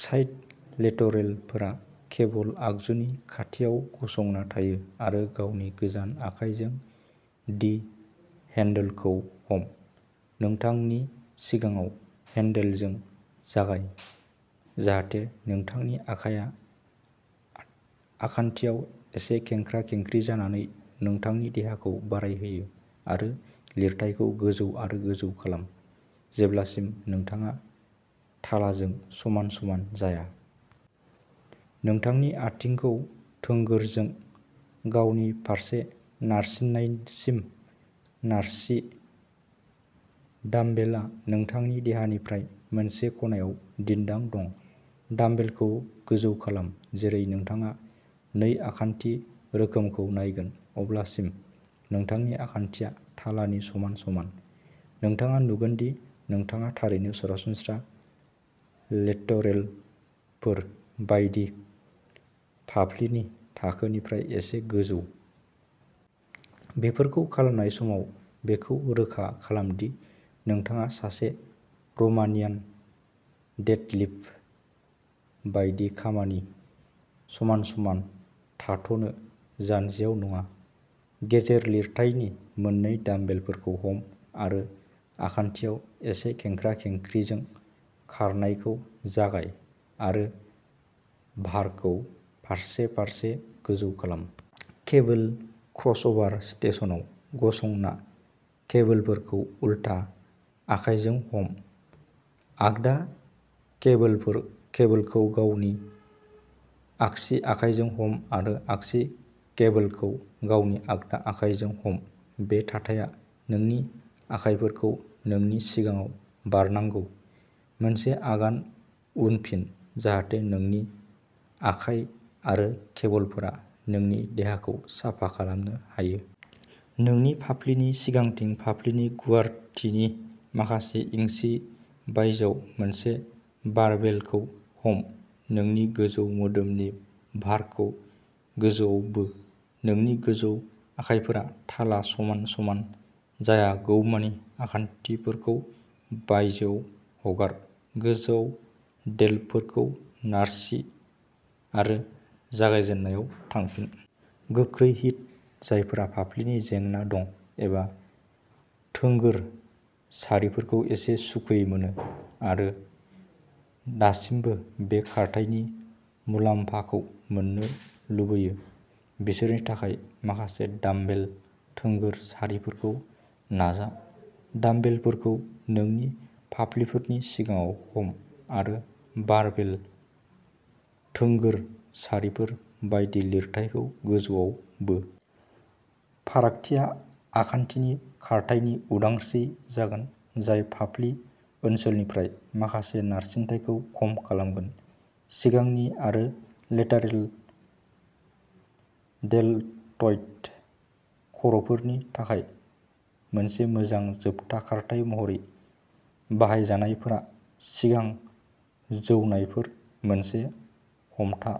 Side लेटरलफोरा cable आगजुनि खाथियाव गसंना थायो आरो गावनि गोजान आखायजों डि हैंडलखौ हम। नोंथांनि सिगाङाव हैंडलजों जागाय, जाहाथे नोंथांनि आखाइआ आखान्थिआव एसे खेंख्रा-खेंख्रि जानानै नोंथांनि देहाखौ बारहोयो आरो लिरथायखौ गोजौ आरो गोजौ खालाम, जेब्लासिम नोंथाङा थालाजों समान समान जाया। नोंथांनि आथिंखौ थोंगोरजों गावनि फारसे नारसिन्नायसिम नारसि। दा डाम्बेलआ नोंथांनि देहानिफ्राय मोनसे खनायाव दिन्दां दं। डाम्बेलखौ गोजौ खालाम, जेरै नोंथाङा नै आखान्थि रोखोमखौ नायगोन, जेब्लासिम नोंथांनि आखान्थिया थालानि समान समान। नोंथाङा नुगोन दि नोंथाङा थारैनो सरासनस्रा लेटारेलफोर बायदि फाफ्लिनि थाखोनिफ्राय एसे गोजौ। बेफोरखौ खालामनाय समाव बेखौ रोखा खालाम दि नोंथाङा सासे र'मानियान डेडलिफ्ट बायदि खामिनि समान समान थाथ'नो, जान्जियाव नङा। गेजेर लिरथायनि मोन्नै डामबेलफोरखौ हम आरो आखान्थिआव एसे खेंख्रा-खेंख्रिजों खारनायखौ जागाय आरो भारखौ फारसे-फारसे गोजौ खालाम। केबोल क्रसअभार स्टेशनाव गसंना केबोलफोरखौ उलथा आखाइजों हम आगदा केबोलखौ गावनि आगसि आखाइजों हम आरो आगसि केबोलखौ गावनि आगदा आखाइजों हम। बे थाथाया नोंनि आखाइफोरखौ नोंनि सिगाङाव बारनांगौ। मोनसे आगान उनफिन जाहाथे नोंनि आखाइ आरो केबोलफोरा नोंनि देहाखौ साफा खालामनो हायो। नोंनि फाफ्लिनि सिगांथिं फाफ्लिनि गुवारथिनि माखासे इन्सि बायजोआव मोनसे बारबेलखौ हम। नोंनि गोजौ मोदोमनि भारखौ गोजौआव बो। नोंनि गोजौ आखाइफोरा थाला समान समान जायागौमानि आखान्थिफोरखौ बायजोआव हगार। गोजौआव डेल्टफोरखौ नारसि आरो जागायजेननायाव थांफिन। गोख्रै हिट जायफोरा फाफ्लिनि जेंना दं एबा थोंगोर सारिफोरखौ एसे सुखुयै मोनो आरो दासिमबो बे खारथायनि मुलाम्फाखौ मोननो लुबैयो, बिसोरनि थाखाय माखासे डामबेल थोंगोर सारिफोरखौ नाजा। डामबेलफोरखौ नोंनि फाफ्लिफोरनि सिगाङाव हम आरो बारबेल थोंगोर सारिफोर बायदि लिरथायखौ गोजौआव बो। फारागथिया आखान्थिनि खारथायनि उदांस्रि जागोन जाय फाफ्लि ओनसोलनिफ्राय माखासे नारसिनथायखौ खम खालामगोन। सिगांनि आरो लेटारेल डेलटइड खर'फोरनि थाखाय मोनसे मोजां जोबथा खारथाइ महरै बाहायजानायफोरा सिगां जौनायफोर मोनसे हमथा।